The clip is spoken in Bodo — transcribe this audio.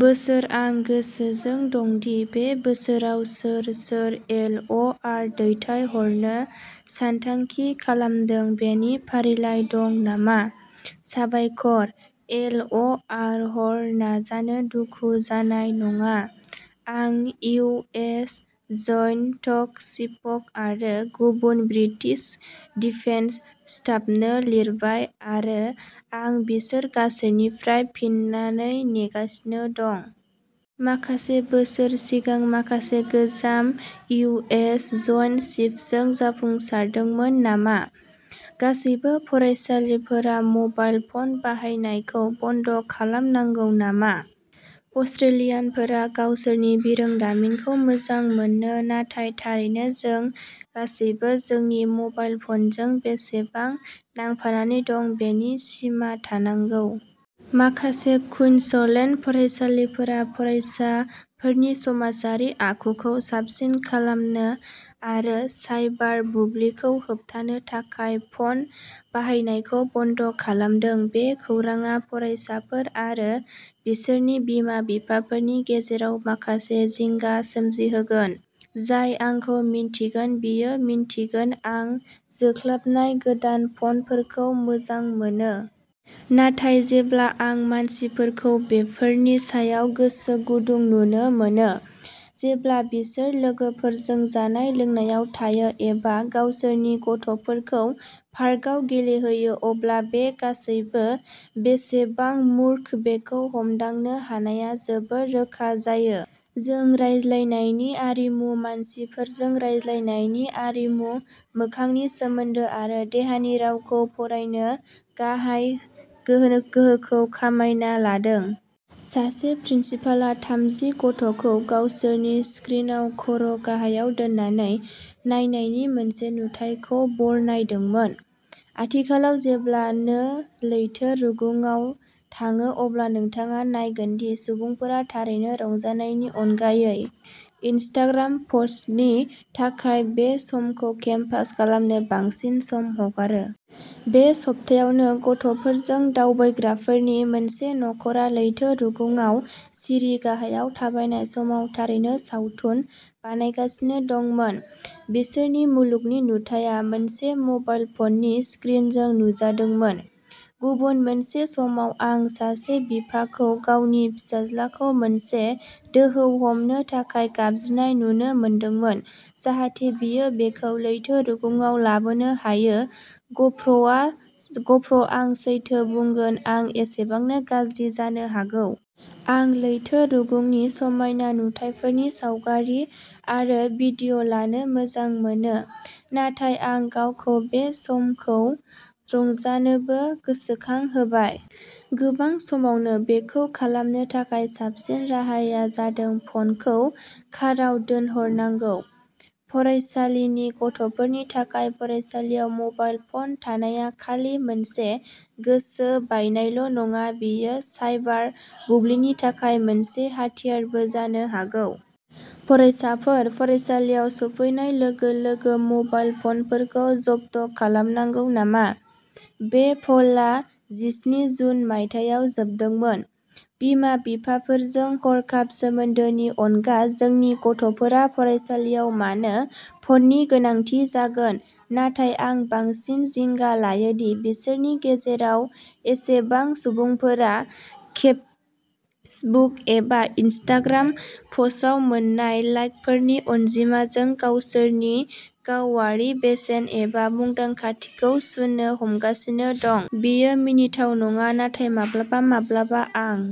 बोसोर आं गोसोजों दं दि बे बोसोराव सोर सोर एल अ आर दैथायहरनो सानथांखि खालामदों बेनि फारिलाइ दं नामा। साबायखर। एल अ आर हर नाजानो दुखु जानाय नङा। आं इउ एस जोइन्ट चीफ्स आरो गुबुन ब्रिटिश डिफेन्स स्टाफनो लिरबाय आरो आं बिसोर गासैनिफ्राय फिननायखौ नेगासिनो दं। माखासे बोसोर सिगां माखासे गोजाम इउ एस जोइन्ट चीफ्सजों जाफुंसारदोंमोन नामा। गासैबो फरायसालिफोरा मबाइल फन बाहायनायखौ बन्द खालामनांगौ नामा? अस्ट्रेलियानफोरा गावसोरनि बिरोंदामिनखौ मोजां मोनो नाथाय थारैनो जों गासैबो जोंनि मबाइल फनजों बेसेबां नांफानानै दं बेनि सिमा थानांगौ। माखासे कुइन्सलेन्ड फरायसालिफोरा फरायसाफोरनि समाजारि आखुखौ साबसिन खालामनो आरो साइबार बुलिंखौ होबथानो थाखाय फन बाहायनायखौ बन्द खालामदों बे खौरांआ फरायसाफोर आरो बिसोरनि बिमा बिफाफोरनि गेजेराव माखासे जिंगा सोमजिहोगोन। जाय आंखौ मिन्थिगोन बियो मिन्थिगोन आं जोंख्लाबनाय गोदान फनफोरखौ मोजां मोनो। नाथाय जेब्ला आं मानसिफोरखौ बेफोरनि सायाव गोसो गुदुं नुनो मोनो। जेब्ला बिसोर लोगोफोरजों जानाय लोंनायाव थायो एबा गावसोरनि गथ'फोरजों पार्कआव गेलेयो अब्ला बे गासैबो बेसेबां मूर्ख बेखौ हमदांनो हानायआ जोबोद रोखा जायो। जों रायज्लायनायनि आरिमु मानसिफोरजों रायज्लायनायनि आरिमु मोखांनि सोमोन्दो आरो देहानि रावखौ फरायनो हानाय गोहोखौ खोमाना लादों। सासे प्रिन्सिपालआ थामजि गथ'फोरखौ गावसोरनि स्क्रिनआव खर'गाहायाव दोननानै नायनायनि मोनसे नुथायखौ बरनायदोंमोन। आथिखालाव जेब्ला नों लैथो रुगुंआव थाङो अब्ला नोंथाङा नायगोन दि सुबुंफोरा थारैनो रंजानायनि अनगायै इनस्टाग्राम फट'नि थाखाय बे समखौ'केपसार'खालामनो बांसिन सम हगारो। बे सप्तायावनो गथ'फोरजों दावबायग्राफोरनि मोनसे नख'रा लैथो रुगुंआव सिरि गाहायाव थाबायनाय समाव थारैनो सावथुन बानायगासिनो दंमोन। बिसोरनि मुलुगनि नुथाया मोनसे म'बाइल फ'ननि स्क्रिनजों नुजादोंमोन। गुबुन मोनसे समाव आं सासे बिफाखौ गावनि फिसाज्लाखौ मोनसे दोहौ हमनो थाखाय गाबज्रिनाय नुनो मोनदोंमोन जाहाथे बियो बेखौ लैथो रुगुंआव लाबोनो हायो ग'प्र' आं सैथो बुंगोन आं एसेबांनो गाज्रि जानो हागौ। आं लैथो रुगुंनि समायना नुथायफोरनि सावगारि आरो भिडिय'लानो मोजां मोनो। नाथाय आं गावखौ बे समफोरखौ रंजानोबो गोसोखांहोबाय। गोबां समावनो बेखौ खालामनो थाखाय साबसिन राहाया जादों फ'नखौ काराव दोनहरनांगौ। फरायसालिनि गथ'फोरनि थाखाय फरायसालियाव मबाइल फ'न थानाया खालि मोनसे गोसो बायनायल'नङा बेयो साइबार बुलिंनि थाखाय मोनसे हाथियारबो जानो हागौ। फरायसाफोर फरायसालियाव सौफैनाय लोगो लोगो मबाइल फ'नफोरखौ जब्द खालामनांगौ नामा? बे पोलआ जिस्नि जुन मायथाइयाव जोबदोंमोन। बिमा बिफाफोरजों हरखाब सोमोन्दोनि अनगा जोंनि गथ'फोरा फरायसालियाव मानो फ'ननि गोनांथि जागोन नाथाय आं बांसिन जिंगा लायो दि बिसोरनि गेजेराव बेसेबां सुबुंफोरा फेसबुक एबा इनस्टाग्राम पस्टआव मोन्नाय लाइकफोरनि अनजिमाजों गावसोरनि गावआरि बेसेन एबा मुंदांखाथिखौ सुनो हमगासिनो दं। बेयो मिनिथाव नङा नाथाय माब्लाबा माब्लाबा आं